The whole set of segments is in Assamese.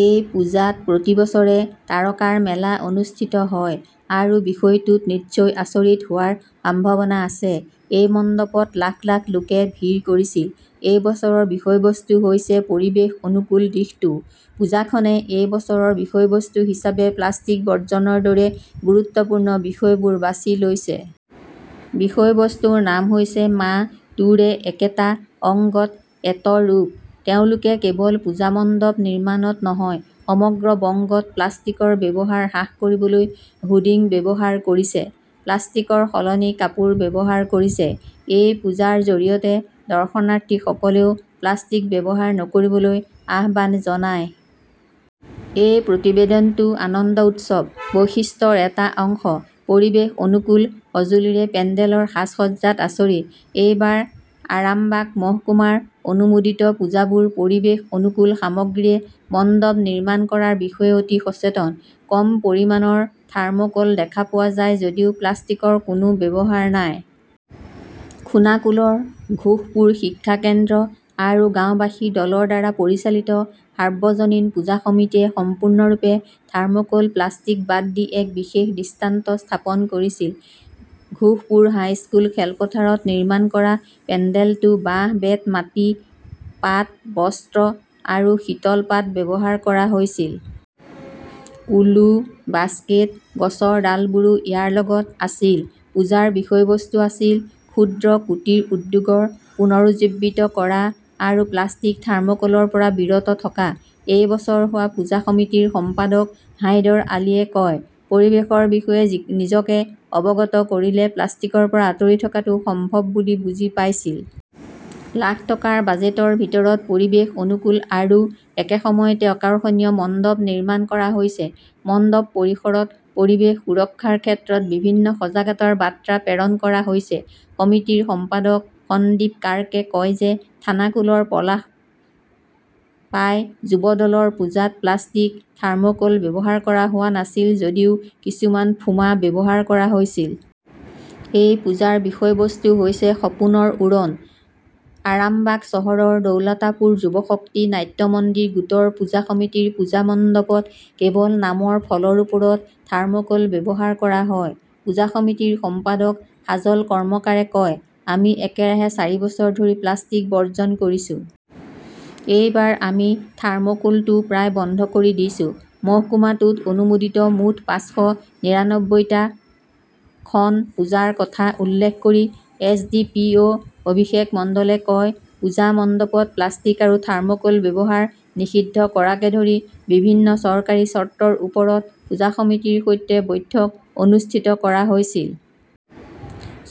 এই পূজাত প্ৰতি বছৰে তাৰকাৰ মেলা অনুষ্ঠিত হয়। আৰু বিষয়টোত নিশ্চয় আচৰিত হোৱাৰ সম্ভাৱনা আছে। এই মণ্ডপত লাখ লাখ লোকে ভিৰ কৰিছিল। এই বছৰৰ বিষয়বস্তু হৈছে পৰিৱেশ-অনুকূল দিশটোও। পূজাখনে এই বছৰৰ বিষয়বস্তু হিচাপে প্লাষ্টিক বৰ্জনৰ দৰে গুৰুত্বপূৰ্ণ বিষয়বোৰ বাছি লৈছে। বিষয়বস্তুৰ নাম হৈছে 'মা তোৰে একেটা অংগত এত ৰূপ'। তেওঁলোকে কেৱল পূজা মণ্ডপ নিৰ্মাণত নহয়, সমগ্ৰ বংগত প্লাষ্টিকৰ ব্যৱহাৰ হ্ৰাস কৰিবলৈ হোৰ্ডিং ব্যৱহাৰ কৰিছে, প্লাষ্টিকৰ সলনি কাপোৰ ব্যৱহাৰ কৰিছে। এই পূজাৰ জৰিয়তে দৰ্শনাৰ্থীসকলেও প্লাষ্টিক ব্যৱহাৰ নকৰিবলৈ আহ্বান জনায়। এই প্ৰতিবেদনটো 'আনন্দ উৎসৱ' বৈশিষ্ট্যৰ এটা অংশ। পৰিৱেশ-অনুকূল সঁজুলিৰে পেণ্ডেলৰ সাজ-সজ্জাত আচৰিত এইবাৰ আৰামবাগ মহকুমাৰ অনুমোদিত পূজাবোৰ পৰিৱেশ অনুকূল সামগ্ৰীৰে মণ্ডপ নিৰ্মাণ কৰাৰ বিষয়ে অতি সচেতন। কম পৰিমাণৰ থাৰ্মোক'ল দেখা পোৱা যায় যদিও প্লাষ্টিকৰ কোনো ব্যৱহাৰ নাই। খোনাকুলৰ ঘোষপুৰ শিক্ষা কেন্দ্ৰ আৰু গাওঁবাসীৰ দলৰ দ্বাৰা পৰিচালিত সাৰ্বজনীন পূজা সমিতিয়ে সম্পূৰ্ণৰূপে থাৰ্মোকল-প্লাষ্টিক বাদ দি এক বিশেষ দৃষ্টান্ত স্থাপন কৰিছিল। ঘোষপুৰ হাইস্কুল খেলপথাৰত নিৰ্মাণ কৰা পেণ্ডেলটো বাঁহ, বেত, মাটি, পাট, বস্ত্ৰ আৰু শীতলপাট ব্যৱহাৰ কৰা হৈছিল। কুলো, বাস্কেট, গছৰ ডালবোৰো ইয়াৰ লগত আছিল। পূজাৰ বিষয়বস্তু আছিল, 'ক্ষুদ্ৰ কুটিৰ উদ্যোগৰ পুনৰুজ্জীৱিত কৰা আৰু প্লাষ্টিক-থাৰ্মোকলৰ পৰা বিৰত থকা'। এই বছৰ হোৱা পূজা সমিতিৰ সম্পাদক হাইদৰ আলীয়ে কয়, "পৰিৱেশৰ বিষয়ে নিজকে অৱগত কৰিলে প্লাষ্টিকৰ পৰা আঁতৰি থকাটো সম্ভৱ বুলি বুজি পাইছিল। লাখ টকাৰ বাজেটৰ ভিতৰত পৰিৱেশ-অনুকূল আৰু একে সময়তে আকৰ্ষণীয় মণ্ডপ নিৰ্মাণ কৰা হৈছে।" মণ্ডপ পৰিসৰত পৰিৱেশ সুৰক্ষাৰ ক্ষেত্ৰত বিভিন্ন সজাগতাৰ বাৰ্তা প্ৰেৰণ কৰা হৈছে। সমিতিৰ সম্পাদক সন্দীপ কাৰ্কে কয় যে খানাকুলৰ পলাশপাই যুৱ দলৰ পূজাত প্লাষ্টিক, থাৰ্মোকল ব্যৱহাৰ কৰা হোৱা নাছিল যদিও কিছুমান ফোমা ব্যৱহাৰ কৰা হৈছিল। এই পূজাৰ বিষয়বস্তু হৈছে 'সপোনৰ উৰণ'। আৰামবাগ চহৰৰ দৌলতাপুৰ যুৱশক্তি নাট্য মন্দিৰ গোটৰ পূজা সমিতিৰ পূজা মণ্ডপত কেৱল নামৰ ফলৰ ওপৰত থাৰ্মোক'ল ব্যৱহাৰ কৰা হয়। পূজা সমিতিৰ সম্পাদক সাজল কৰ্মকাৰে কয়, "আমি একেৰাহে চাৰি বছৰ ধৰি প্লাষ্টিক বৰ্জন কৰিছো। এইবাৰ আমি থাৰ্মোকোলটোও প্ৰায় বন্ধ কৰি দিছো। মহকুমাটোত অনুমোদিত মুঠ পাঁচশ নিৰানব্বৈটা খন পূজাৰ কথা উল্লেখ কৰি এছ.ডি.পি.অ'. অভিষেক মণ্ডলে কয়, পূজা মণ্ডপত প্লাষ্টিক আৰু থাৰ্ম'কল ব্যৱহাৰ নিষিদ্ধ কৰাকে ধৰি বিভিন্ন চৰকাৰী চৰ্তৰ ওপৰত পূজা সমিতিৰ সৈতে বৈঠক অনুষ্ঠিত কৰা হৈছিল।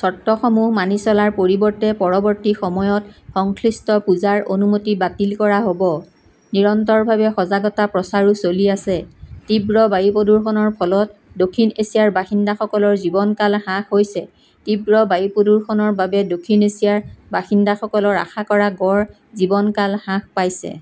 চৰ্তসমূহ মানি চলাৰ পৰিৱৰ্তে পৰৱৰ্তী সময়ত সংশ্লিষ্ট পূজাৰ অনুমতি বাতিল কৰা হ'ব। নিৰন্তৰভাৱে সজাগতা প্ৰচাৰো চলি আছে। তীব্ৰ বায়ু প্ৰদূষণৰ ফলত দক্ষিণ এছিয়াৰ বাসিন্দাসকলৰ 'জীৱনকাল হ্ৰাস' হৈছে তীব্ৰ বায়ু প্ৰদূষণৰ বাবে দক্ষিণ এছিয়াৰ বাসিন্দাসকলৰ আশা কৰা গড় জীৱনকাল হ্ৰাস পাইছে।